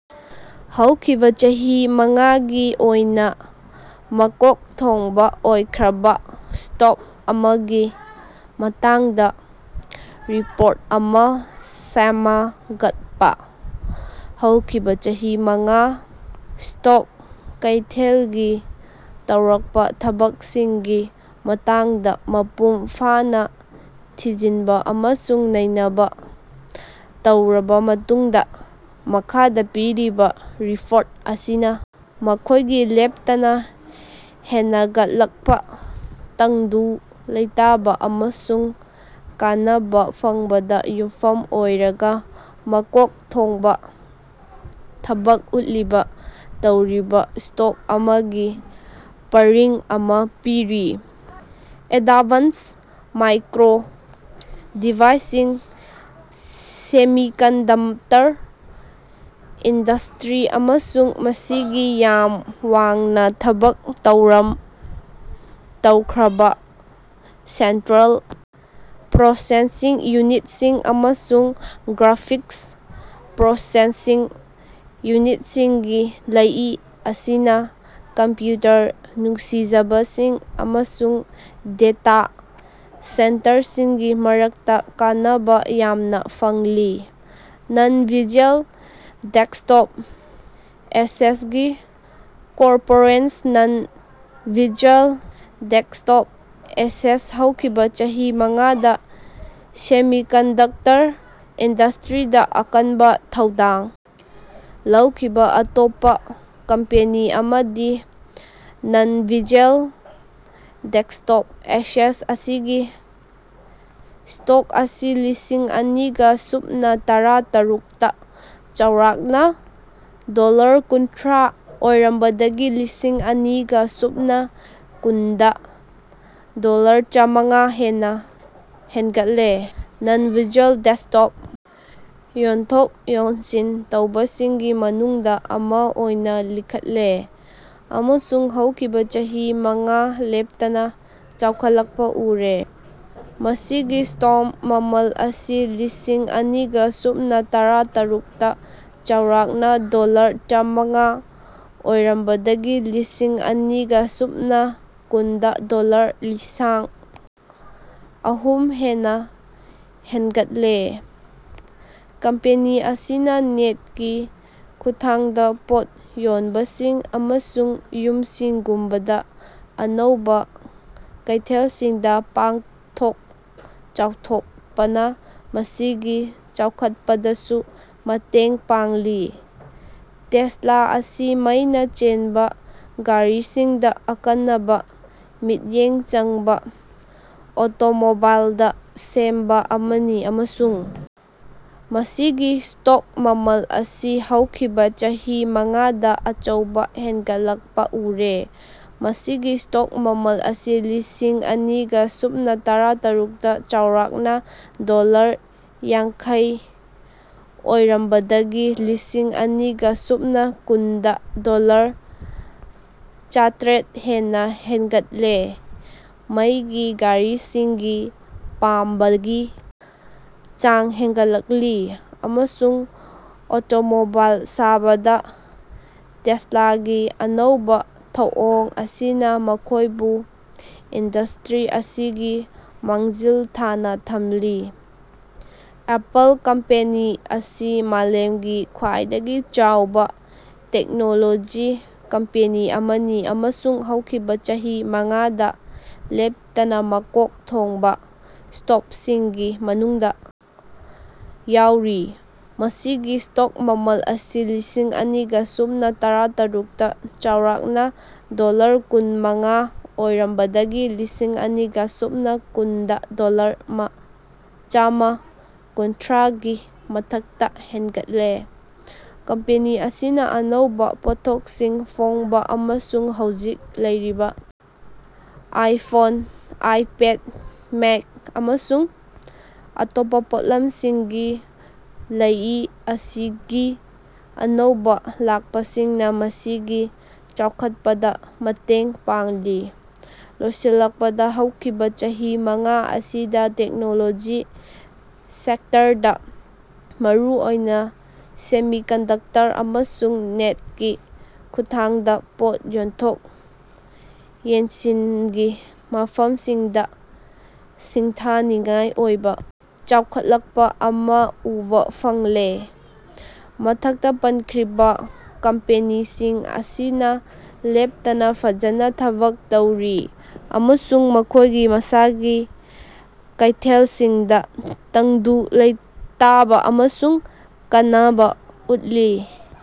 ꯍꯧꯈꯤꯕꯥ ꯆꯍꯤ ꯃꯉꯥꯒꯤ ꯑꯣꯏꯅꯥ ꯃꯀꯣꯛ ꯊꯣꯡꯕꯥ ꯑꯣꯏꯈ꯭ꯔꯥꯕ ꯁ꯭ꯇꯣꯛ ꯃꯉꯥꯒꯤ ꯃꯇꯥꯡꯗ ꯔꯤꯄꯣꯔꯠ ꯑꯃ ꯁꯦꯃꯒꯠꯄ ꯫ ꯍꯧꯈꯤꯕꯥ ꯆꯍꯤ ꯃꯉꯥꯗ ꯁ꯭ꯇꯣꯛ ꯀꯩꯊꯦꯜꯒꯤ ꯇꯧꯔꯛꯄ ꯊꯕꯛꯁꯤꯡꯒꯤ ꯃꯇꯥꯡꯗꯥ ꯃꯄꯨꯡ ꯐꯥꯅꯥ ꯊꯤꯖꯤꯟꯕ ꯑꯃꯁꯨꯡ ꯅꯩꯅꯕ ꯇꯧꯔꯕꯥ ꯃꯇꯨꯡꯗ ꯃꯈꯥꯗ ꯄꯤꯔꯤꯕꯥ ꯔꯤꯄꯣꯔꯠ ꯑꯁꯤꯅꯥ ꯃꯈꯣꯢꯒꯤ ꯂꯦꯞꯇꯅꯥ ꯍꯦꯅꯒꯠꯂꯛꯄ ꯇꯪꯗꯨ ꯂꯩꯇꯥꯕ ꯑꯃꯁꯨꯡ ꯀꯥꯟꯅꯕ ꯐꯪꯕꯗ ꯌꯨꯝꯐꯝ ꯑꯣꯏꯔꯒ ꯃꯀꯣꯛ ꯊꯣꯡꯕ ꯊꯕꯛ ꯎꯠꯂꯤꯕ ꯇꯧꯔꯤꯕꯥ ꯁ꯭ꯇꯣꯛ ꯃꯉꯥꯒꯤ ꯄꯔꯤꯡ ꯑꯃ ꯄꯤꯔꯤ꯫ ꯑꯦꯗꯚꯥꯟꯁ ꯃꯥꯏꯀ꯭ꯔꯣ ꯗꯤꯚꯥꯏꯁꯁꯤꯡ ꯁꯦꯃꯤꯀꯟꯗꯛꯇꯔ ꯏꯟꯗꯁꯇ꯭ꯔꯤ ꯑꯃꯁꯨꯡ ꯃꯁꯤꯒꯤ ꯌꯥꯝ ꯋꯥꯡꯅ ꯊꯕꯛ ꯊꯧꯔꯝ ꯇꯧꯈ꯭ꯔꯕꯥ ꯁꯦꯟꯇ꯭ꯔꯦꯜ ꯄ꯭ꯔꯣꯁꯦꯁꯁꯤꯡ ꯌꯨꯅꯤꯠꯁꯤꯡ ꯑꯃꯁꯨꯡ ꯒ꯭ꯔꯥꯐꯤꯛꯁ ꯄ꯭ꯔꯣꯁꯦꯁꯁꯤꯡ ꯌꯨꯅꯤꯠꯁꯤꯡꯒꯤ ꯂꯩꯏ ꯑꯁꯤꯅꯥ ꯀꯝꯄ꯭ꯌꯨꯇꯔ ꯅꯨꯡꯁꯤꯖꯕꯁꯤꯡ ꯑꯃꯁꯨꯡ ꯗꯦꯇꯥ ꯁꯦꯟꯇꯔꯁꯤꯡꯒꯤ ꯃꯔꯛꯇꯥ ꯀꯥꯟꯅꯕ ꯌꯥꯝꯅꯥ ꯐꯪꯂꯤ꯫ꯅꯟ ꯚꯤꯖ꯭ꯋꯦꯜ ꯗꯦꯛꯁꯇꯣꯞ ꯑꯦꯁꯦꯁ ꯒꯤ corporation non visual desktop access ꯍꯧꯈꯤꯕꯥ ꯆꯍꯤ ꯃꯉꯥꯗ ꯁꯦꯃꯤꯀꯟꯗꯨꯛꯇꯔ ꯏꯟꯗꯁꯇ꯭ꯔꯤꯗ ꯑꯀꯟꯕ ꯊꯧꯗꯥꯡ ꯂꯧꯈꯤꯕꯥ ꯑꯇꯣꯞꯄꯥ ꯀꯝꯄꯦꯅꯤ ꯑꯃꯗꯤ ꯅꯟ ꯚꯤꯖ꯭ꯋꯦꯜ ꯗꯦꯛꯁꯇꯣꯞ ꯑꯦꯁꯦꯁ ꯃꯁꯤꯒꯤ ꯁ꯭ꯇꯣꯛ ꯑꯁꯤ ꯂꯤꯁꯤꯡ ꯑꯅꯤꯒ ꯁꯨꯞꯅ ꯇꯔꯥ ꯇꯔꯨꯛ ꯇꯥ ꯆꯥꯎꯔꯥꯛꯅ ꯗꯣꯂꯔ ꯀꯨꯟꯊ꯭ꯔꯥ ꯑꯣꯏꯔꯝꯕꯗꯒꯤ ꯂꯤꯁꯤꯡ ꯑꯅꯤꯒ ꯁꯨꯞꯅ ꯀꯨꯟꯗꯥ ꯗꯣꯂꯔ ꯆꯥꯃꯉꯥ ꯍꯦꯟꯅ ꯍꯦꯟꯒꯠꯂꯦ ꯫ ꯅꯟ ꯚꯤꯖ꯭ꯋꯦꯜ ꯗꯦꯛꯁꯇꯣꯞ ꯌꯣꯟꯊꯣꯛ ꯌꯣꯟꯁꯤꯟ ꯇꯧꯕꯁꯤꯡꯒꯤ ꯃꯅꯨꯡꯗ ꯑꯃ ꯑꯣꯏꯅ ꯂꯤꯡꯈꯠꯂꯦ ꯑꯃꯁꯨꯡ ꯍꯧꯈꯤꯕ ꯆꯍꯤ ꯃꯉꯥꯗ ꯂꯦꯞꯇꯅ ꯆꯥꯎꯈꯠꯂꯛꯄ ꯎꯔꯦ, ꯃꯁꯤꯒꯤ ꯁ꯭ꯇꯣꯛ ꯃꯃꯜ ꯑꯁꯤ ꯂꯤꯁꯤꯡ ꯑꯅꯤꯒ ꯁꯨꯞꯅ ꯇꯔꯥꯇꯔꯨꯛ ꯇ ꯆꯥꯎꯔꯥꯛꯅꯥ ꯗꯣꯂꯔ ꯆꯥꯃꯉꯥ ꯑꯣꯏꯔꯝꯕꯗꯒꯤ ꯂꯤꯁꯤꯡ ꯑꯅꯤꯒ ꯁꯨꯞꯅ ꯀꯨꯟꯗ ꯗꯣꯂꯔ ꯂꯤꯁꯥꯡ ꯑꯍꯨꯝ ꯍꯦꯟꯅꯥ ꯍꯦꯟꯒꯠꯂꯦ꯫ ꯀꯝꯄꯦꯅꯤ ꯑꯁꯤꯅꯥ ꯅꯦꯠ ꯀꯤ ꯈꯨꯊꯥꯡꯗ ꯄꯣꯠ ꯌꯣꯟꯕꯁꯤꯡ ꯑꯃꯁꯨꯡ ꯌꯨꯝꯁꯤꯡꯒꯨꯝꯕꯗ ꯑꯅꯧꯕꯥ ꯀꯩꯊꯦꯜꯁꯤꯡꯗ ꯄꯥꯛꯊꯣꯛ ꯆꯥꯎꯊꯣꯛꯄꯅ ꯃꯁꯤꯒꯤ ꯆꯥꯎꯈꯠꯄꯗꯁꯨ ꯃꯇꯦꯡ ꯄꯥꯡꯂꯤ꯫ ꯇꯦꯁꯂꯥ ꯑꯁꯤ ꯃꯩꯅ ꯆꯦꯟꯕ ꯒꯥꯔꯤꯁꯤꯡꯗ ꯑꯈꯟꯅꯕꯥ ꯃꯤꯠꯌꯦꯡ ꯆꯪꯕꯥ ꯑꯣꯇꯣꯃꯣꯕꯥꯏꯜ ꯗ ꯁꯦꯝꯕ ꯑꯃꯅꯤ ꯑꯃꯁꯨꯡ ꯃꯁꯤꯒꯤ ꯁ꯭ꯇꯣꯛ ꯃꯃꯜ ꯑꯁꯤ ꯍꯧꯈꯤꯕꯥ ꯆꯍꯤ ꯃꯉꯥꯗ ꯑꯆꯧꯕꯥ ꯍꯦꯟꯅꯒꯠꯂꯛꯄ ꯎꯔꯦ꯫ ꯃꯁꯤꯒꯤ ꯁ꯭ꯇꯣꯛ ꯃꯃꯜ ꯑꯁꯤ ꯂꯤꯁꯤꯡ ꯑꯅꯤꯒ ꯁꯨꯞꯅ ꯇꯔꯥꯇꯔꯨꯛꯇ ꯆꯥꯎꯔꯥꯛꯅꯥ ꯗꯣꯂꯔ ꯌꯥꯡꯈꯩ ꯑꯣꯏꯔꯝꯕꯗꯒꯤ ꯂꯤꯁꯤꯡ ꯑꯅꯤꯒ ꯁꯨꯞꯅ ꯀꯨꯟꯗ ꯗꯣꯂꯔ ꯆꯥꯇ꯭ꯔꯦꯠ ꯍꯦꯟꯅꯥ ꯍꯦꯟꯅꯒꯠꯂꯦ ꯃꯩꯒꯤ ꯒꯥꯔꯤꯁꯤꯡꯒꯤ ꯄꯥꯝꯕꯒꯤ ꯆꯥꯡ ꯍꯦꯟꯅꯒꯠꯂꯛꯂꯤ ꯑꯃꯁꯨꯡ ꯑꯣꯇꯣꯃꯣꯕꯥꯏꯜ ꯁꯥꯕꯗ ꯇꯦꯁꯂꯥꯒꯤ ꯑꯅꯧꯕꯥ ꯊꯧꯑꯣꯡ ꯑꯁꯤꯅꯥ ꯃꯈꯣꯢꯕꯨ ꯏꯟꯗꯁꯇ꯭ꯔꯤ ꯑꯁꯤꯒꯤ ꯃꯥꯡꯖꯤꯜ ꯊꯥꯅ ꯊꯝꯂꯤ꯫ ꯑꯦꯄꯜ ꯀꯝꯄꯦꯅꯤ ꯑꯁꯤ ꯃꯥꯂꯦꯝꯒꯤ ꯈ꯭ꯋꯥꯏꯗꯒꯤ ꯆꯥꯎꯕ ꯇꯦꯛꯅꯣꯂꯣꯖꯤ ꯀꯝꯄꯦꯅꯤ ꯑꯃꯅꯤ ꯑꯃꯁꯨꯡ ꯍꯧꯈꯤꯕꯥ ꯆꯍꯤ ꯃꯉꯥꯗ ꯂꯦꯞꯇꯅꯥ ꯃꯀꯣꯛ ꯊꯣꯡꯕꯥ ꯁ꯭ꯇꯣꯛꯁꯤꯡꯒꯤ ꯃꯅꯨꯡꯗꯥ ꯌꯥꯎꯔꯤ꯫ ꯃꯁꯤꯒꯤ ꯁ꯭ꯇꯣꯛ ꯃꯃꯜ ꯑꯁꯤ ꯂꯤꯁꯤꯡ ꯑꯅꯤꯒ ꯁꯨꯞꯅ ꯇꯔꯥꯇꯔꯨꯛꯇꯥ ꯆꯥꯎꯔꯥꯛꯅꯥ ꯗꯣꯂꯔ ꯀꯨꯟ ꯃꯉꯥ ꯑꯣꯏꯔꯝꯕꯗꯒꯤ ꯂꯤꯁꯤꯡ ꯑꯅꯤꯒ ꯁꯨꯞꯅ ꯀꯨꯟ ꯗꯥ ꯗꯣꯂꯔ ꯆꯃꯥ ꯀꯨꯟꯊ꯭ꯔꯥꯒꯤ ꯃꯊꯛꯇ ꯍꯦꯟꯒꯠꯂꯦ ꯫ ꯀꯝꯄꯦꯅꯤ ꯑꯁꯤꯅꯥ ꯑꯅꯧꯕꯥ ꯄꯣꯠꯊꯣꯛꯁꯤꯡ ꯐꯣꯡꯕ ꯑꯃꯁꯨꯡ ꯍꯧꯖꯤꯛ ꯂꯩꯔꯤꯕ ꯑꯥꯏꯐꯣꯟ, ꯑꯥꯏꯄꯦꯗ, ꯃꯦꯛ, ꯑꯃꯁꯨꯡ ꯑꯇꯣꯞꯄ ꯄꯣꯠꯂꯝꯁꯤꯡꯒꯤ ꯂꯩꯏ ꯑꯁꯤꯒꯤ ꯑꯅꯧꯕ ꯂꯥꯛꯄꯁꯤꯡꯅ ꯃꯁꯤꯒꯤ ꯆꯥꯎꯈꯠꯄꯗ ꯃꯇꯦꯡ ꯄꯥꯡꯂꯤ꯫ ꯂꯣꯏꯁꯤꯜꯂꯛꯄꯗ ꯍꯧꯈꯤꯕꯥ ꯆꯍꯤ ꯃꯉꯥ ꯑꯁꯤꯗ ꯇꯦꯛꯅꯣꯂꯣꯖꯤ ꯁꯦꯛꯇꯔꯗꯥ ꯃꯔꯨꯑꯣꯏꯅ ꯁꯦꯃꯤꯀꯟꯗꯛꯇꯔ ꯑꯃꯁꯨꯡ ꯅꯦꯠ ꯀꯤ ꯈꯨꯊꯥꯡꯗ ꯄꯣꯠ ꯌꯣꯟꯊꯣꯛ ꯌꯣꯟꯁꯤꯟꯒꯤ ꯃꯐꯝꯁꯤꯡꯗ ꯁꯤꯡꯊꯥꯅꯤꯡꯉꯥꯏ ꯑꯣꯏꯕꯥ ꯆꯥꯎꯈꯠꯂꯛꯄ ꯑꯃ ꯎꯕ ꯐꯪꯂꯦ꯫ ꯃꯊꯛꯇ ꯄꯟꯈ꯭ꯔꯤꯕ ꯀꯝꯄꯦꯅꯤꯁꯤꯡ ꯑꯁꯤꯅ ꯂꯦꯞꯇꯅ ꯐꯖꯅ ꯊꯕꯛ ꯇꯧꯔꯤ ꯑꯃꯁꯨꯡ ꯃꯈꯣꯢꯒꯤ ꯃꯁꯥꯒꯤ ꯀꯩꯊꯦꯜꯁꯤꯡꯗ ꯇꯪꯗꯨ ꯂꯩꯇꯥꯕ ꯑꯃꯁꯨꯡ ꯀꯥꯟꯅꯕ ꯎꯠꯂꯤ꯫